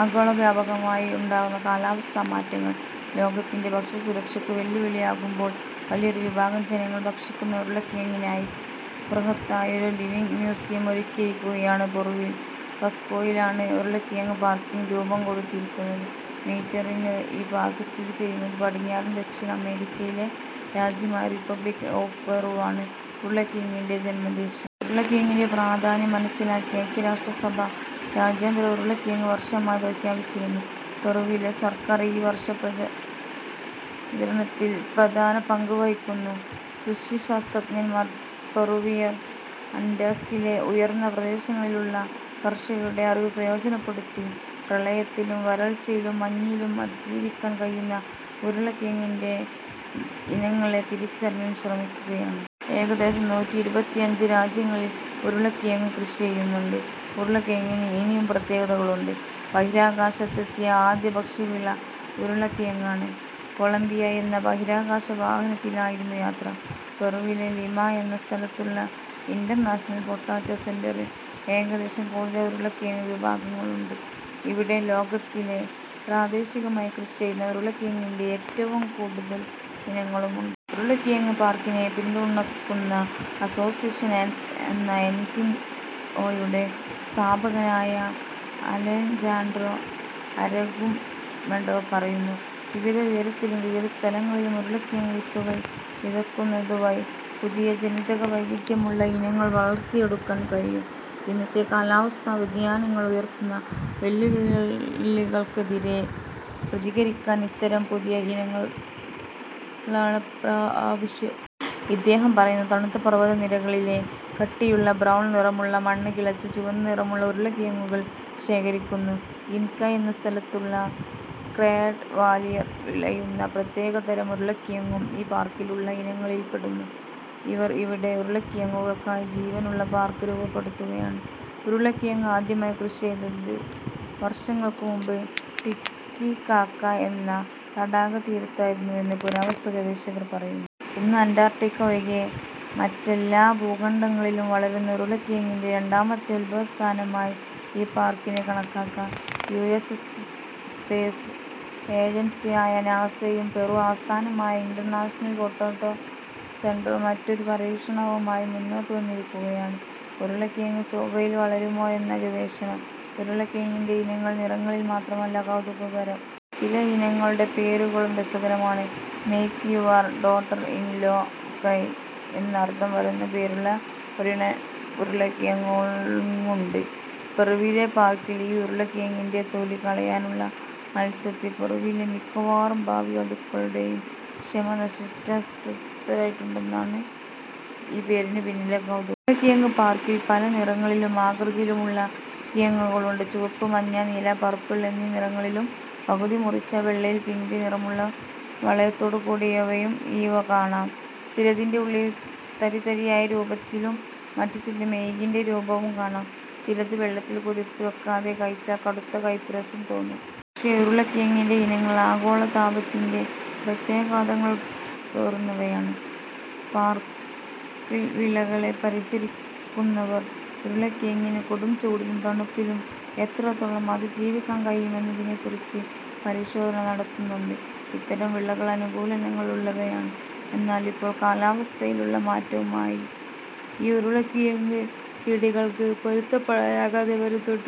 ആഗോള വ്യാപകമായി ഉണ്ടാകുന്ന കാലാവസ്ഥാ മാറ്റങ്ങള്‍ ലോകത്തിലെ ഭക്ഷ്യസുരക്ഷയ്ക്ക് വെല്ലുവിളിയാകുമ്പോള് വലിയൊരു വിഭാഗം ജനങ്ങള്‍ ഭക്ഷിക്കുന്ന ഉരുളക്കിഴങ്ങിനായി ബൃഹത്തായൊരു ' ലിവിങ്ങ് മ്യൂസിയം ' ഒരുക്കിയിരിക്കുകയാണ് പെറുവിൽ. കസ്കോയിലാണ് ഉരുളക്കിഴങ്ങ് പാര്‍ക്കിന് രൂപംകൊടുത്തിരിക്കുന്നത്. മീറ്ററില്‍ ഈ പാര്‍ക്ക് സ്ഥിതി ചെയ്യുന്നത്. പടിഞ്ഞാറൻ ദക്ഷിണ അമേരിക്കയിലെ രാജ്യമായ റിപ്പബ്ലിക് ഓഫ് പെറുവാണ് ഉരുളക്കിഴങ്ങിന്‍റെ ജന്മദേശം. ഉരുളക്കിഴങ്ങിന്‍റെ പ്രാധാന്യം മനസിലാക്കി ഐക്യരാഷ്ട്ര സഭ രാജ്യാന്തര ഉരുളക്കിഴങ്ങ് വര്‍ഷമായി പ്രഖ്യാപിച്ചിരുന്നു. പെറുവിലെ സര്‍ക്കാര്‍ ഈ വര്‍ഷാചരണത്തില്‍ പ്രധാന പങ്ക് വഹിക്കുന്നു. കൃഷി ശാസ്ത്രജ്ഞന്‍മാര്‍ പെറുവിയൻ ആന്റസിലെ ഉയര്‍ന്ന പ്രദേശങ്ങളിലുള്ള കര്‍ഷകരുടെ അറിവ് പ്രയോജനപ്പെടുത്തി പ്രളയത്തിലും വരള്‍ച്ചയിലും മഞ്ഞിലും അതിജീവിക്കാന്‍ കഴിയുന്ന ഉരുളക്കിഴങ്ങിന്‍റെ ഇനങ്ങളെ തിരിച്ചറിയാന്‍ ശ്രമിക്കുകയാണ്. ഏകദേശം നൂറ്റി ഇരിപ്പത്തിയഞ്ച് രാജ്യങ്ങളില്‍ ഉരുളക്കിഴങ്ങ് കൃഷി ചെയ്യുന്നുണ്ട്. ഉരുളക്കിഴങ്ങിന് ഇനിയും പ്രത്യേകതകളുണ്ട്. ബഹിരാകാശത്ത് എത്തിയ ആദ്യ ഭക്ഷ്യവിള ഉരുളക്കിഴങ്ങാണ്. കൊളമ്പിയ എന്ന ബഹിരാകാശവാഹനത്തിലായിരുന്നു യാത്ര. പെറുവില ലിമ എന്ന സ്ഥലത്തുള്ള ഇന്‍റര്‍നാഷണല്‍ പൊട്ടറ്റോ സെന്‍ററില്‍ ഏകദേശം കൂടുതൽ ഉരുളക്കിഴങ്ങ് വിഭാഗങ്ങള്‍ ഉണ്ട്. ' ഇവിടെ ലോകത്തിലെ പ്രാദേശികമായി കൃഷി ചെയ്യുന്ന ഉരുളക്കിഴങ്ങിന്‍റെ ഏറ്റവും കൂടുതല്‍ ഇനങ്ങളുമുണ്ട്. ' ഉരുളക്കിഴങ്ങ് പാര്‍ക്കിനെ പിന്തുണയ്ക്കുന്ന അസോസിയേഷന്‍ ആന്‍റ്സ് എന്ന എന്. ജി. ഒയുടെ സ്ഥാപകനായ അലെജാന്ഡ്രോ ആര്ഗുമെഡോ പറയുന്നു. ' വിവിധ ഉയരത്തിലും വിവിധ സ്ഥലങ്ങളിലും ഉരുളക്കിഴങ്ങ് വിത്തുകള്‍ വിതയ്ക്കുന്നതു വഴി പുതിയ ജനിതക വൈവിദ്ധ്യമുള്ള ഇനങ്ങള്‍ വളര്‍ത്തിയെടുക്കാന്‍ കഴിയും. ഇന്നത്തെ കാലാവസ്ഥാ വ്യതിയാനങ്ങള്‍ ഉയര്‍ത്തുന്ന വെല്ലുവിളികൾക്കെതിരെ പ്രതികരിക്കാന്‍ ഇത്തരം പുതിയ ഇനങ്ങളാണ് ആവശ്യം. ' ഇദ്ദേഹം പറയുന്നു. തണുത്ത പർവതനിരകളിലെ കട്ടിയുള്ള ബ്രൌണ്‍ നിറമുള്ള മണ്ണ് കിളച്ച് ചുവന്ന നിറമുള്ള ഉരുളക്കിഴങ്ങുകള്‍ ശേഖരിക്കുന്നു. ഇന്‍ക എന്ന സ്ഥലത്തുള്ള സേക്രഡ് വാലിയിൽ വിളയുന്ന പ്രത്യേകതരം ഉരുളക്കിഴങ്ങും ഈ പാര്‍ക്കിലുള്ള ഇനങ്ങളിൽ പെടുന്നു. ഇവര്‍ ഇവിടെ ഉരുളക്കിഴങ്ങുകള്‍ക്കായി ജീവനുള്ള പാര്‍ക്ക് രൂപപ്പെടുത്തുകയാണ്. ഉരുളക്കിഴങ്ങ് ആദ്യമായി കൃഷി ചെയ്തത് വര്‍ഷങ്ങള്‍ക്ക് മുമ്പ് ടിറ്റിക്കാക്ക എന്ന തടാകതീരത്തായിരുന്നുവെന്ന് പുരാവസ്തു ഗവേഷകര്‍ പറയുന്നു. ഇന്ന് അന്‍റാര്‍ട്ടിക്ക ഒഴികെ മറ്റെല്ലാ ഭൂഖണ്ഡങ്ങളിലും വളരുന്ന ഉരുളക്കിഴങ്ങിന്‍റെ രണ്ടാമത്തെ ഉത്ഭവ സ്ഥാനമായി ഈ പാര്‍ക്കിനെ കണക്കാക്കാം. യു. എസ് സ്പേസ് ഏജന്സിയായ നാസയും പെറു ആസ്ഥാനമായ ഇന്‍റര്‍നാഷണല്‍ പൊട്ടട്ടോ സെന്‍ററും മറ്റൊരു പരീക്ഷണവുമായി മുന്നോട്ട് വന്നിരിക്കുകയാണ്- ഉരുളക്കിഴങ്ങ് ചൊവ്വയില്‍ വളരുമോ എന്ന ഗവേഷണം! ഉരുളക്കിഴങ്ങിന്‍റെ ഇനങ്ങള്‍ നിറങ്ങളില്‍ മാത്രമല്ല കൗതുകകരം. ചില ഇനങ്ങളുടെ പേരുകളും രസകരമാണ്. ' Make your daughter in law cry ' എന്ന് അര്‍ഥം വരുന്ന പേരുള്ള ഒരിനം ഉരുളക്കിഴങ്ങുണ്ട് പെറുവിലെ പാര്‍ക്കില്‍. ഈ ഉരുളക്കിഴങ്ങിന്‍റെ തൊലി കളയാനുള്ള മത്സരത്തില്‍ പെറുവിലെ മിക്കവാറും ഭാവിവധുക്കളുടെയും ക്ഷമ നശിച്ച് അസ്വസ്ഥരായിട്ടുണ്ടെന്നതാണ് ഈ പേരിന് പിന്നിലെ കൗതുകം. ഉരുളക്കിഴങ്ങ് പാര്‍ക്കില്‍ പല നിറങ്ങളിലും ആകൃതിയിലുമുള്ള കിഴങ്ങുകളുണ്ട്. ചുവപ്പ്, മഞ്ഞ, നീല, പർപ്പിൾ എന്നീ നിറങ്ങളിലും പകുതി മുറിച്ചാല്‍ വെള്ളയില്‍ പിങ്ക് നിറമുള്ള വളയത്തോടുകൂടിയവയും ഇവ കാണാം. ചിലതിന്‍റെ ഉള്ളില്‍ തരിതരിയായ രൂപത്തിലും മറ്റു ചിലതില്‍ മെഴുകിന്റെ രൂപവും കാണാം. ചിലത് വെള്ളത്തില്‍ കുതിര്‍ത്ത് വെക്കാതെ കഴിച്ചാല്‍ കടുത്ത കയ്പ്പുരസം തോന്നും. പക്ഷേ, ഈ ഉരുളക്കിഴങ്ങിന്‍റെ ഇനങ്ങള്‍ ആഗോള താപത്തിന്‍റെ പ്രത്യാഘാതങ്ങള്‍ പേറുന്നവയാണ്. പാര്‍ക്കില്‍ വിളകളെ പരിചരിക്കുന്നവര്‍ ഉരുളക്കിഴങ്ങിന് കൊടുംചൂടിലും തണുപ്പിലും എത്രത്തോളം അതിജീവിക്കാന്‍ കഴിയുമെന്നതിനെക്കുറിച്ച് പരിശോധന നടത്തുന്നുണ്ട്. ' ഇത്തരം വിളകള്‍ അനുകൂലനങ്ങൾ ഉള്ളവയാണ്. എന്നാല്‍ ഇപ്പോള്‍ കാലാവസ്ഥയിലുള്ള മാറ്റവുമായി ഈ ഉരുളക്കിഴങ്ങ് ചെടികള്‍ക്ക് പൊരുത്തപ്പെടാനാകാതെ വരുന്നുണ്ട്.